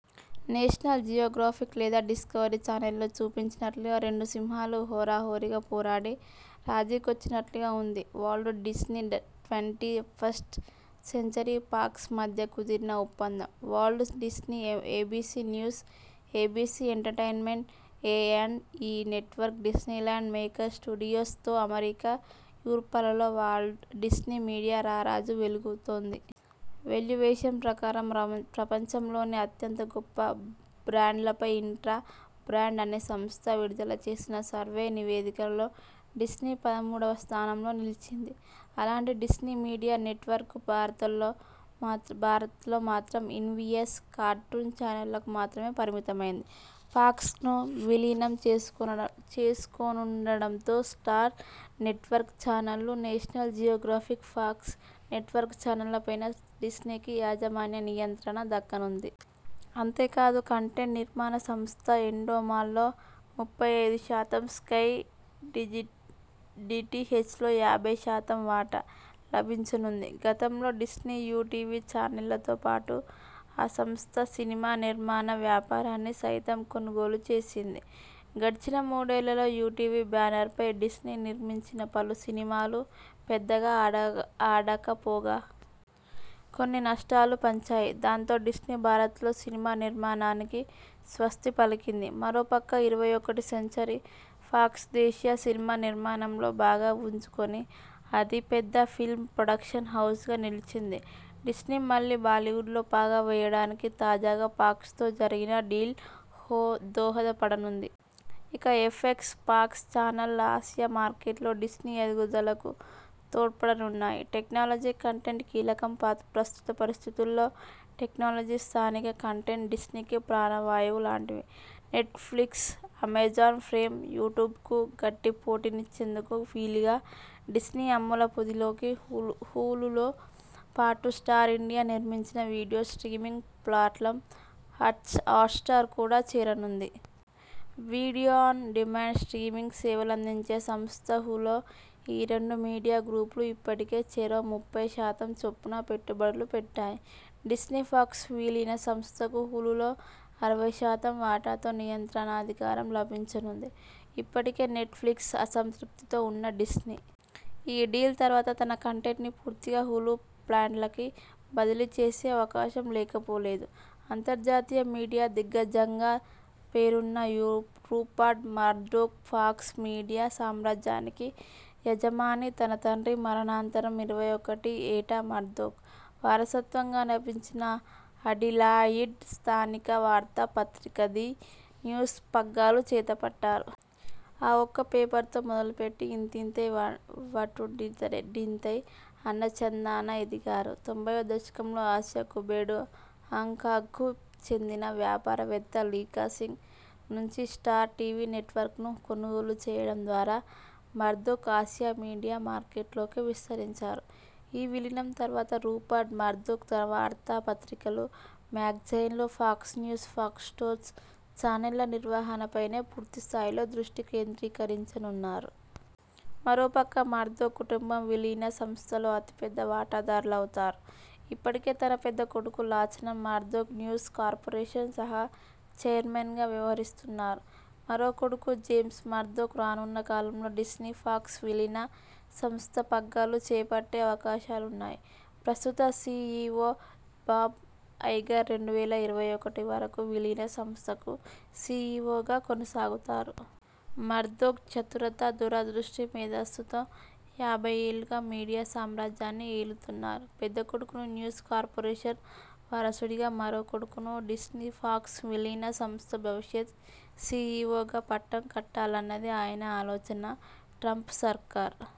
National Geographic లేదా Discovery channels లో చూపించినట్లుగా రెండు సింహాలు హోరాహోరీగా పోరాడి రాజీకొచ్చినట్లుగా ఉంది Walt Disney- twenty first Century Fox మధ్య కుదిరిన ఒప్పందం. Walt Disney, ABC News, ABC Entertainment, A and E network, Disneyland, Maker Studios తో అమెరికా, యూర్పలలో వాల్ట్ డిస్నీ మీడియా రారాజుగా వెలుగుతోంది. వేల్యువేషన్ ప్రకారం.. ప్రపంచంలోని అత్యంత గొప్ప బ్రాండ్లపై ఇంట్రా బ్రాండ్ అనే సంస్థ విడుదల చేసిన సర్వే నివేదికలో డిస్నీ పదమూడువ స్థానంలో నిలిచింది. అలాంటి డిస్నీ మీడియా నెట్వర్క్ భారత్లో మాత్రం ఈన్పిఎస్, కార్టూన్ చానెళ్లకు మాత్రమే పరిమితమైంది. ఫాక్స్ను విలీనం చేసుకోనుండటంతో స్టార్ నెట్వర్క్ చానళ్లు, నేషనల్ జియోగ్రాఫిక్, ఫాక్స్ నెట్వర్క్ చానళ్లపైనా డిస్నీకి యాజమాన్య నియంత్రణ దక్కనుంది. అంతేకాదు కంటెంట్ నిర్మాణ సంస్థ ఎండోమాల్లో ముప్పై ఐదు శాతం, స్కై డిటిహెచ్ లో యాభై శాతం వాటా లభించనుంది. గతంలో డిస్నీ.. యుటీవీ చానెళ్లతో పాటు ఆ సంస్థ సినిమా నిర్మాణ వ్యాపారాన్ని సైతం కొనుగోలుచేసింది. గడిచిన మూడేళ్లలో యుటీవీ బ్యానర్ పై డిస్నీ నిర్మించిన పలు సినిమాలు పెద్దగా ఆడకపోగా.. కొన్ని నష్టాలు పంచాయి. దాంతో డిస్నీ భారత్లో సినిమా నిర్మాణానికి స్వస్తి పలికింది. మరో పక్క ఇరవై ఒకటి సెంచరీ ఫాక్స్ దేశీయ సినిమా నిర్మాణంలో బాగా పుంజుకొని అతి పెద్ద ఫిల్మ్ ప్రొడక్షన్ హౌజ్గా నిలిచింది. డిస్నీ మళ్లీ బాలీవుడ్లో పాగా వేయడానికి తాజాగా ఫాక్స్ తో జరిగిన డీల్ దోహద పడనుంది. ఇక ఎఫ్ఎక్స్, ఫాక్స్ చానళ్లు ఆసియా మార్కెట్లో డిస్నీ ఎదుగుదలకు తోడ్పడనున్నాయి. టెక్నాలజీ కంటెంట్ కీలకం ప్రస్తుత పరిస్థితుల్లో టెక్నాలజీ, స్థానిక కంటెంట్ డిస్నీకి ప్రాణ వాయువు లాంటివి. నెట్ ఫ్లిక్స్, అమెజాన్ ప్రైమ్, యూట్యూబ్కు గట్టి పోటీనిచ్చేందుకు వీలుగా డిస్నీ అమ్ముల పొదిలోకి హులుతో పాటు స్టార్ ఇండియా నిర్మించిన వీడియో స్ట్రీమింగ్ ప్లాట్ఫాం 'హాట్స్టార్' కూడా చేరనుంది. వీడియో ఆన్ డిమాండ్, స్ట్రీమింగ్ సేవలందించే సంస్థ హులులో ఈ రెండు మీడియా గ్రూపులు ఇప్పటికే చెరో ముప్పై శాతం చొప్పున పెట్టుబడులు పెట్టాయి. డిస్నీ-ఫాక్స్ విలీన సంస్థకు హులులో అరవై శాతం వాటాతో నియంత్రణాధికారం లభించనుంది. ఇప్పటికే నెట్ ఫ్లిక్స్ అసంతృప్తితో ఉన్న డిస్నీ.. ఈ డీల్ తర్వాత తన కంటెంట్ను పూర్తిగా హులు ప్లాట్ఫాంకి బదిలీ చేసే అవకాశం లేకపోలేదు. అంతర్జాతీయ మీడియా దిగ్గజంగా పేరున్న రూపర్ట్ మర్దోక్ ఫాక్స్ మీడియా సామ్రాజ్యానికి యజమాని. తన తండ్రి మరణాంతరం ఇరవై ఒకటి ఏట మర్దోక్.. వారసత్వంగా లభించిన అడిలాయిడ్ స్థానిక వార్తా పత్రిక 'ది న్యూస్' పగ్గాలు చేతపట్టారు. ఆ ఒక్క పేపర్తో మొదలుపెట్టి ఇంతింతై వటుడింతై అన్న చందాన ఎదిగారు. తొంభైవ దశకంలో ఆసియా కుబేరుడు, హాంకాంగ్కు చెందిన వ్యాపారవేత్త లీకా సింగ్ నుంచి స్టార్ టీవీ నెట్వర్క్ ను కొనుగోలు చేయడం ద్వారా మర్దోక్ ఆసియా మీడియా మార్కెట్లోకి విస్తరించారు. ఈ విలీనం తర్వాత రూపర్ట్ మర్దోక్ తన వార్తా పత్రికలు, మ్యాగజైన్లు, ఫాక్స్ న్యూస్, ఫాక్స్ స్పోర్ట్స్ ఛానెళ్ల నిర్వహణపైనే పూర్తి స్థాయిలో దృష్టి కేంద్రీకరించనున్నారు. మరోపక్క మర్దోక్ కుటుంబం విలీన సంస్థలో అతిపెద్ద వాటాదారులవుతారు. ఇప్పటికే తన పెద్ద కొడుకు లాచలన్ మర్దోక్.. న్యూస్ కార్పొరేషన్ సహ చైర్మన్గా వ్యవహరిస్తున్నారు. మరో కొడుకు జేమ్స్ మర్దోక్ రానున్నకాలంలో డిస్నీ-ఫాక్స్ విలీన సంస్థ పగ్గాలు చేపట్టే అవకాశాలున్నాయి. ప్రస్తుత సి ఇ ఒ బాబ్ ఐగర్ రెండు వేల ఇరవై ఒకటివరకు విలీన సంస్థకు సి ఇ ఒ గా కొనసాగుతారు. మర్దోక్ చతురత, దూరదృష్టి, మేధస్సుతో యాభై ఏళ్లుగా మీడియా సామ్రాజ్యాన్ని ఏలుతున్నారు. పెద్ద కొడుకును న్యూస్ కార్పొరేషన్ వారసుడిగా, మరో కొడుకును డిస్నీ-ఫాక్స్ విలీన సంస్థ భవిష్యత్ సి ఇ ఒ గా పట్టం కట్టాలన్నది ఆయన ఆలోచన. ట్రంప్ సర్కారు